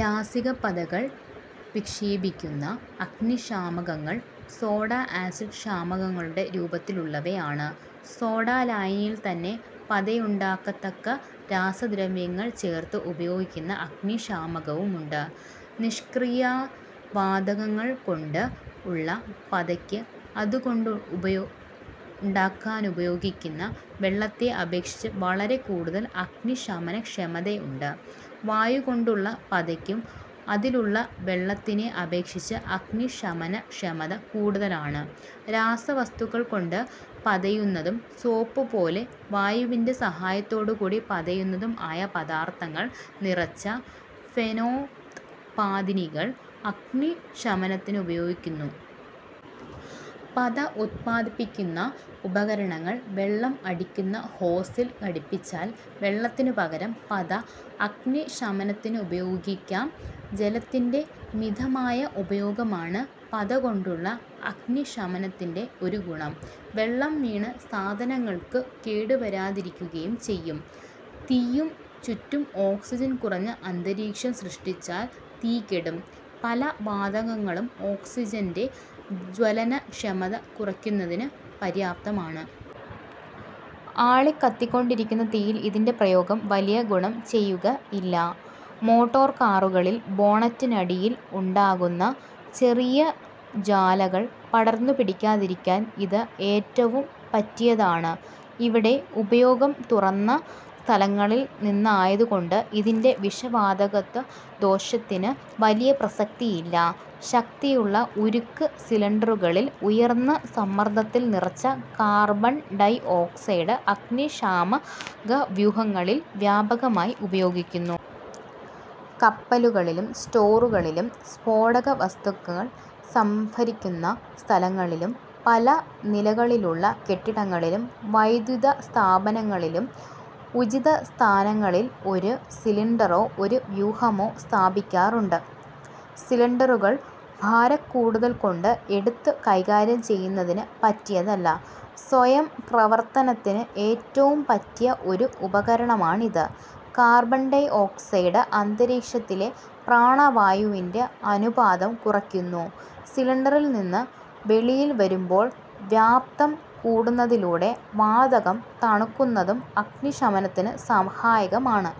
രാസികപ്പതകൾ വിക്ഷേപിക്കുന്ന അഗ്നിശാമകങ്ങൾ soda-acid ശാമകങ്ങളുടെ രൂപത്തിലുള്ളവയാണ്. സോഡാലായനിയിൽ തന്നെ പതയുണ്ടാകത്തക്ക രാസദ്രവ്യങ്ങൾ ചേർത്ത് ഉപയോഗിക്കുന്ന അഗ്നിശാമകവുമുണ്ട്. നിഷ്ക്രിയവാതകങ്ങൾകൊണ്ടുള്ള പതയ്ക്ക് അതുണ്ടാക്കാനുപയോഗിക്കുന്ന വെള്ളത്തെ അപേക്ഷിച്ച് വളരെക്കൂടുതൽ അഗ്നിശമനക്ഷമതയുണ്ട്. വായുകൊണ്ടുള്ള പതയ്ക്കും അതിലുള്ള വെള്ളത്തിനെ അപേക്ഷിച്ച് അഗ്നിശമനക്ഷമത കൂടുതലാണ്. രാസവസ്തുക്കൾക്കൊണ്ടു പതയുന്നതും സോപ്പുപോലെ വായുവിന്റെ സഹായത്തോടുകൂടി പതയുന്നതും ആയ പദാർഥങ്ങൾ നിറച്ച 'ഫേനോത്പാദിനികൾ' അഗ്നിശമനത്തിനുപയോഗിക്കുന്നു. പത ഉത്പാദിപ്പിക്കുന്ന ഉപകരണങ്ങൾ വെള്ളം അടിക്കുന്ന ഹോസിൽ ഘടിപ്പിച്ചാൽ വെള്ളത്തിനുപകരം പത അഗ്നിശമനത്തിനുപയോഗിക്കാം. ജലത്തിന്റെ മിതമായ ഉപയോഗമാണ് പതകൊണ്ടുള്ള അഗ്നിശമനത്തിന്റെ ഒരു ഗുണം; വെള്ളം വീണ് സാധനങ്ങൾക്ക് കേടുവരാതിരിക്കുകയും ചെയ്യും. തീയുടെ ചുറ്റും ഓക്സിജൻ കുറഞ്ഞ അന്തരീക്ഷം സൃഷ്ടിച്ചാൽ തീ കെടും. പല വാതകങ്ങളും ഓക്സിജന്റെ ജ്വലനക്ഷമത കുറയ്ക്കുന്നതിന് പര്യാപ്തമാണ്. ആളിക്കത്തിക്കൊണ്ടിരിക്കുന്ന തീയിൽ ഇതിന്റെ പ്രയോഗം വലിയ ഗുണം ചെയ്യുകയില്ല. മോട്ടോർ കാറുകളിൽ ബോണറ്റിനടിയിൽ ഉണ്ടാകുന്ന ചെറിയ ജ്വാലകൾ പടർന്നുപിടിക്കാതിരിക്കാൻ ഇത് ഏറ്റവും പറ്റിയതാണ്. ഇവിടെ ഉപയോഗം തുറന്ന സ്ഥലങ്ങളിൽനിന്നായതുകൊണ്ട് ഇതിന്റെ വിഷവാതകത്വദോഷത്തിന് വലിയ പ്രസക്തിയില്ല. ശക്തിയുള്ള ഉരുക്കുസിലിണ്ടറുകളിൽ ഉയർന്ന സമ്മർദത്തിൽ നിറച്ച കാർബൺഡൈഓക്സൈഡ് അഗ്നിശാമകവ്യൂഹങ്ങളിൽ വ്യാപകമായി ഉപയോഗിക്കുന്നു. കപ്പലുകളിലും സ്റ്റോറുകളിലും സ്ഫോടകവസ്തുക്കൾ സംഭരിക്കുന്ന സ്ഥലങ്ങളിലും, പല നിലകളിലുള്ള കെട്ടിടങ്ങളിലും, വൈദ്യുതസ്ഥാപനങ്ങളിലും ഉചിതസ്ഥാനങ്ങളിൽ ഒരു സിലിണ്ടറോ, ഒരു വ്യൂഹമോ സ്ഥാപിക്കാറുണ്ട്. സിലിണ്ടറുകൾ ഭാരക്കൂടുതൽകൊണ്ട് എടുത്തു കൈകാര്യം ചെയ്യുന്നതിന് പറ്റിയതല്ല. സ്വയം പ്രവർത്തനത്തിന് ഏറ്റവും പറ്റിയ ഒരു ഉപകരണമാണിത്. കാർബൺഡൈഓക്സൈഡ് അന്തരീക്ഷത്തിലെ പ്രാണവായുവിന്റെ അനുപാതം കുറയ്ക്കുന്നു. സിലിണ്ടറിൽനിന്ന് വെളിയിൽ വരുമ്പോൾ വ്യാപ്തം കൂടുന്നതിലൂടെ വാതകം തണുക്കുന്നതും അഗ്നിശമനത്തിനു സഹായകമാണ്.